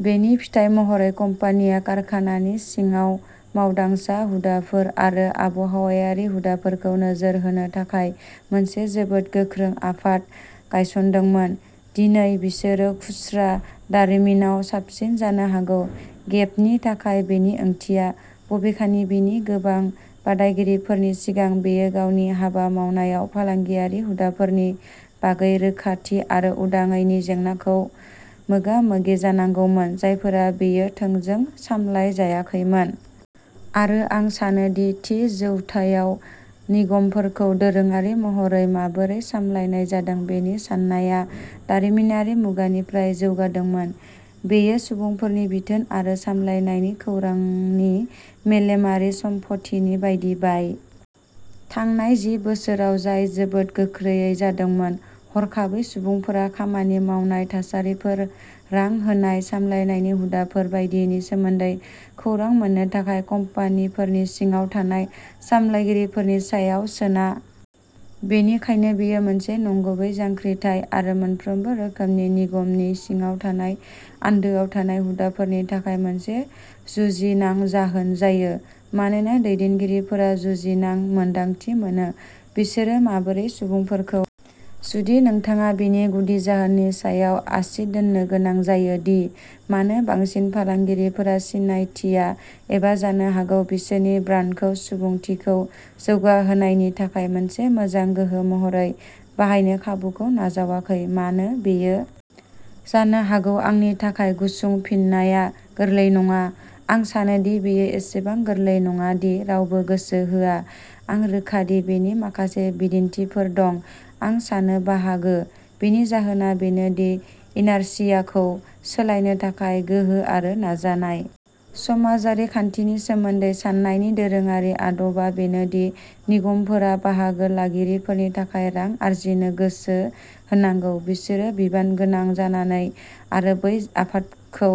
बेनि फिथाय महरै, कम्पानिया कारखानानि सिङाव मावदांसा हुदाफोर आरो आबहावायारि हुदाफोरखौ नोजोर होनो थाखाय मोनसे जोबोद गोख्रों आफाद गायसनदोंमोन। दिनै, बिसोरो खुस्रा दारिमिनाव साबसिन जानो हागौ। गेपनि थाखाय बेनि ओंथिया, बबेखानि, बिनि गोबां बादायगिरिफोरनि सिगां, बेयो गावनि हाबा मावनायाव फालांगियारि हुदाफोरनि बागै रोखाथि आरो उदाङैनि जेंनाखौ मोगा-मोगि जानांगौमोन-जायफोरा बेयो थोंजों सामलायाखैमोन। आरो आं सानो दि थि जौथायाव निगमफोरखौ दोरोङारि महरै माबोरै सामलायनाय जादों बेनि साननाया दारिमिनारि मुगानिफ्राय जौगादोंमोन। बेयो सुबुंफोरनि बिथोन आरो सामलायनायनि, खौरांनि, मेलेमारि सम्पथिनि बायदि बायदिनि सोमोन्दै जोबोद बांसिनमोन। आरो गोबां सुबुंफोरा सुबुंफोरखौ माबोरै सामलायनो हायो, लोगोसे खौरांफोरखौ दबथायनायनि गेजेरजों फोरोंनाय मोनो। थांनाय जि बोसोराव जाय जोबोद गोख्रैयै जादोंमोन। हरखाबै, सुबुंफोरा खामानि मावनाय थासारिफोर, रां होनाय, सामलायनायनि हुदाफोर बायदिनि सोमोन्दै खौरां मोननो थाखाय कम्पानिफोरनि सिङाव थानाय सामलायगिरिफोरनि सायाव सोनारनो गोनां जाया। बेयो नोंथांनि फनाव ब्राउजारनि गेजेरजों थाबैनो मोनथावना जायो। बेनिखायनो बेयो मोनसे नंगुबै जांख्रिथाय आरो मोनफ्रोमबो रोखोमनि निगमनि सिङाव थानाय आन्दोआव थानाय हुदाफोरनि थाखाय मोनसे जुजिनां जाहोन जायो मानोना दैदेनगिरिफोरा जुजिनां मोन्दांथि मोनो। बिसोरो माबोरै सुबुंफोरखौ सामलायगोन, गावसोरनि खहाखौ सामलायगोन, माबोरै बिसोर सुंज्रोबखौ सामलायगोन बायदिफोरखौ फिन सानफिननांगोन। जुदि नोंथाङा बेनि गुदि जाहोननि सायाव आसि दोन्नो गोनां जायो दि मानो बांसिन फालांगिफोरा सिनायथिया, एबा जानो हागौ बिसोरनि ब्रान्डखौ "सुबुंथिखौ जौगाहोनाय" नि थाखाय मोनसे मोजां गोहो महरै बाहायनो खाबुखौ नाजावाखै-मानो बेयो दासिमबो गिदिर बिबाङाव जायाखै? जानो हागौ आंनि थाखाय गुसुं फिननाया गोरलै नङा। आं सानो दि बेयो एसेबां गोरलै नङा दि "रावबो गोसो होआ"। आं रोखा दि बेनि माखासे बिदिन्थिफोर दं। आं सानो बाहागो। बेनि जाहोना बेनो दि इनार्शियाखौ सोलायनो थाखाय गोहो आरो नाजानाय नांगौ। समाजारि खान्थिनि सोमोन्दै साननायनि दोरोङारि आदबा बेनो दि निगमफोरा बाहागो लागिरिफोरनि थाखाय रां आर्जिनो गोसो होनांगौ। बिसोरो बिबानगोनां जानानै आरो बै आफादखौ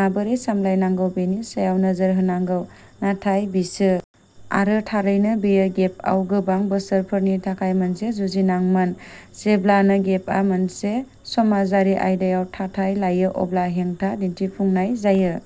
माबोरै सामलायनांगौ बेनि सायाव नोजोर होनांगौ। नाथाय बिसोरो राजखान्थिनिफ्राय गोजानाव थानांगौ आरो समाजारि आयदाफोराव मोनसे थाथाय लानायनिफ्राय गोजानाव थानांगौ। आरो, थारैनो, बेयो गेपआव गोबां बोसोरफोरनि थाखाय मोनसे जुजिनांमोन। जेब्लानो गेपआ मोनसे समाजारि आयदायाव थाथाय लायो, अब्ला हेंथा दिन्थिफुंनाय जायो।